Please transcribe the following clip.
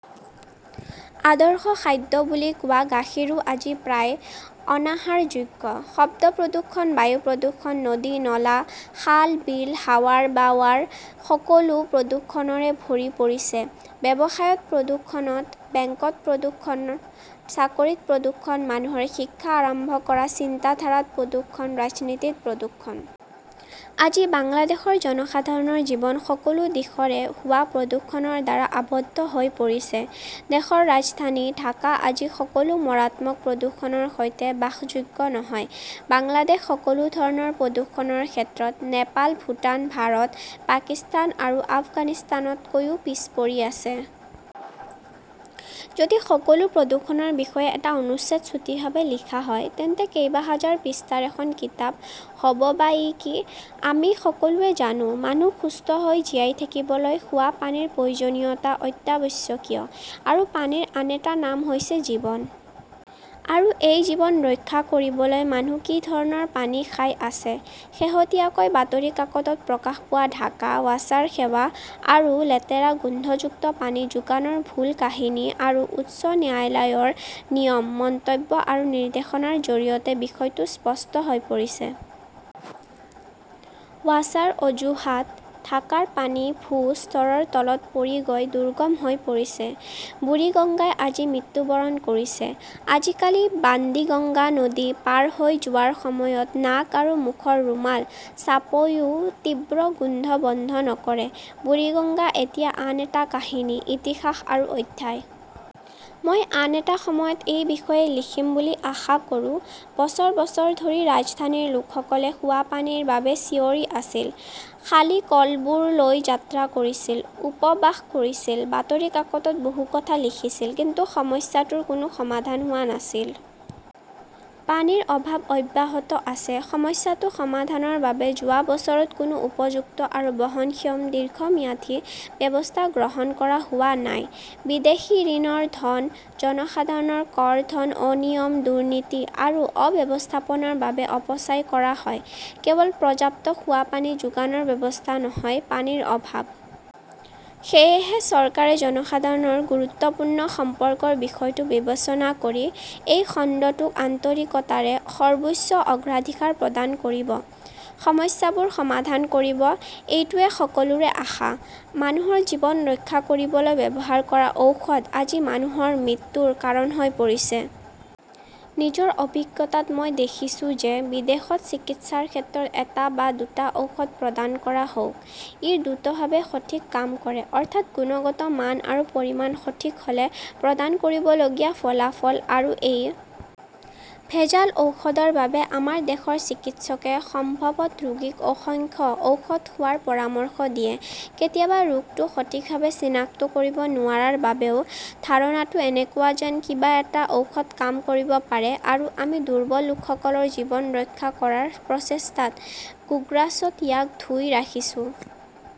আদৰ্শ খাদ্য বুলি কোৱা গাখীৰো আজি প্ৰায় অনাহাৰযোগ্য। শব্দ প্ৰদূষণ, বায়ু প্ৰদূষণ, নদী-নলা, খাল-বিল, হাৱাৰ বাৱাৰ সকলো প্ৰদূষণৰে ভৰি পৰিছে। ব্যৱসায়ত প্ৰদূষণ, বেংকত প্ৰদূষণ, চাকৰিত প্ৰদূষণ, মানুহৰ শিক্ষা আৰম্ভ কৰা, চিন্তাধাৰাত প্ৰদূষণ, ৰাজনীতিত প্ৰদূষণ। আজি বাংলাদেশৰ জনসাধাৰণৰ জীৱন সকলো দিশৰে হোৱা প্ৰদূষণৰ দ্বাৰা আৱদ্ধ হৈ পৰিছে। দেশৰ ৰাজধানী ঢাকা আজি সকলো মাৰাত্মক প্ৰদূষণৰ সৈতে বাসযোগ্য নহয়। বাংলাদেশ সকলো ধৰণৰ প্ৰদূষণৰ ক্ষেত্ৰত নেপাল, ভূটান, ভাৰত, পাকিস্তান আৰু আফগানিস্তানতকৈও পিছ পৰি আছে। যদি সকলো প্ৰদূষণৰ বিষয়ে এটা অনুচ্ছেদ চুটিভাৱে লিখা হয়, তেন্তে কেইবাহাজাৰ পৃষ্ঠাৰ এখন কিতাপ হ 'ব বাইকি। আমি সকলোৱে জানো, মানুহ সুস্থ হৈ জীয়াই থাকিবলৈ খোৱা পানীৰ প্ৰয়োজনীয়তা অত্যাৱশ্যকীয় আৰু পানীৰ আন এটা নাম হৈছে জীৱন। আৰু এই জীৱন ৰক্ষা কৰিবলৈ মানুহে কি ধৰণৰ পানী খাই আছে? শেহতীয়াকৈ বাতৰি কাকতত প্ৰকাশ পোৱা ঢাকা ৱাছাৰ সেৱা আৰু লেতেৰা-গোন্ধযুক্ত পানী যোগানৰ ভুল কাহিনী আৰু উচ্চ ন্যায়ালয়ৰ নিয়ম, মন্তব্য আৰু নিৰ্দেশনাৰ জৰিয়তে বিষয়টো স্পষ্ট হৈ পৰিছে। ৱাছাৰ অজুহাত, ঢাকাৰ পানী ভূ-স্তৰৰ তলত পৰি গৈ দুৰ্গম হৈ পৰিছে, বুৰিগংগাই আজি মৃত্যুবৰণ কৰিছে। আজিকালি বাণ্ডিগঙ্গা নদী পাৰ হৈ যোৱাৰ সময়ত নাক আৰু মুখৰ ৰুমাল চাপাইও তীব্ৰ গোন্ধ বন্ধ নকৰে। বুৰিগঙ্গা এতিয়া আন এটা কাহিনী, ইতিহাস আৰু অধ্যায়। মই আন এটা সময়ত এই বিষয়ে লিখিম বুলি আশা কৰোঁ। বছৰ বছৰ ধৰি ৰাজধানীৰ লোকসকলে খোৱা পানীৰ বাবে চিঞৰি আছিল, খালী কলবোৰ লৈ যাত্ৰা কৰিছিল, উপবাস কৰিছিল, বাতৰি কাকতত বহু কথা লিখিছিল, কিন্তু সমস্যাটোৰ কোনো সমাধান হোৱা নাছিল। পানীৰ অভাৱ অব্যাহত আছে। সমস্যাটো সমাধানৰ বাবে যোৱা বছৰত কোনো উপযুক্ত আৰু বহনক্ষম দীৰ্ঘম্যাদী ব্যৱস্থা গ্ৰহণ কৰা হোৱা নাই। বিদেশী ঋণৰ ধন, জনসাধাৰণৰ কৰ ধন অনিয়ম-দুৰ্নীতি আৰু অব্যৱস্থাপনাৰ বাবে অপচয় কৰা হয়; কেৱল পৰ্যাপ্ত খোৱা পানী যোগানৰ ব্যৱস্থা নহয়, পানীৰ অভাৱ। সেয়েহে, চৰকাৰে জনসাধাৰণৰ গুৰুত্বপূৰ্ণ সম্পৰ্কৰ বিষয়টো বিবেচনা কৰি এই খণ্ডটোক আন্তৰিকতাৰে সৰ্বোচ্চ অগ্ৰাধিকাৰ প্ৰদান কৰিব, সমস্যাবোৰ সমাধান কৰিব, এইটোৱেই সকলোৰে আশা। মানুহৰ জীৱন ৰক্ষা কৰিবলৈ ব্যৱহাৰ কৰা ঔষধ আজি মানুহৰ মৃত্যুৰ কাৰণ হৈ পৰিছে। নিজৰ অভিজ্ঞতাত মই দেখিছোঁ যে বিদেশত চিকিৎসাৰ ক্ষেত্ৰত এটা বা দুটা ঔষধ প্ৰদান কৰা হওঁক, ই দ্ৰুতভাৱে সঠিক কাম কৰে, অৰ্থাৎ গুণগত মান আৰু পৰিমাণ সঠিক হ 'লে প্ৰদান কৰিবলগীয়া ফলাফল। আৰু এই ভেজাল ঔষধৰ বাবে আমাৰ দেশৰ চিকিৎসকে সম্ভৱত ৰোগীক অসংখ্য ঔষধ খোৱাৰ পৰামৰ্শ দিয়ে, কেতিয়াবা ৰোগটো সঠিকভাৱে চিনাক্ত কৰিব নোৱাৰাৰ বাবেও ধাৰণাটো এনেকুৱা যেন কিবা এটা ঔষধ কাম কৰিব পাৰে আৰু আমি দুৰ্বল লোকসকলৰ জীৱন ৰক্ষা কৰাৰ প্ৰচেষ্টাত গোগ্ৰাছত ইয়াক ধুই ৰাখিছোঁ।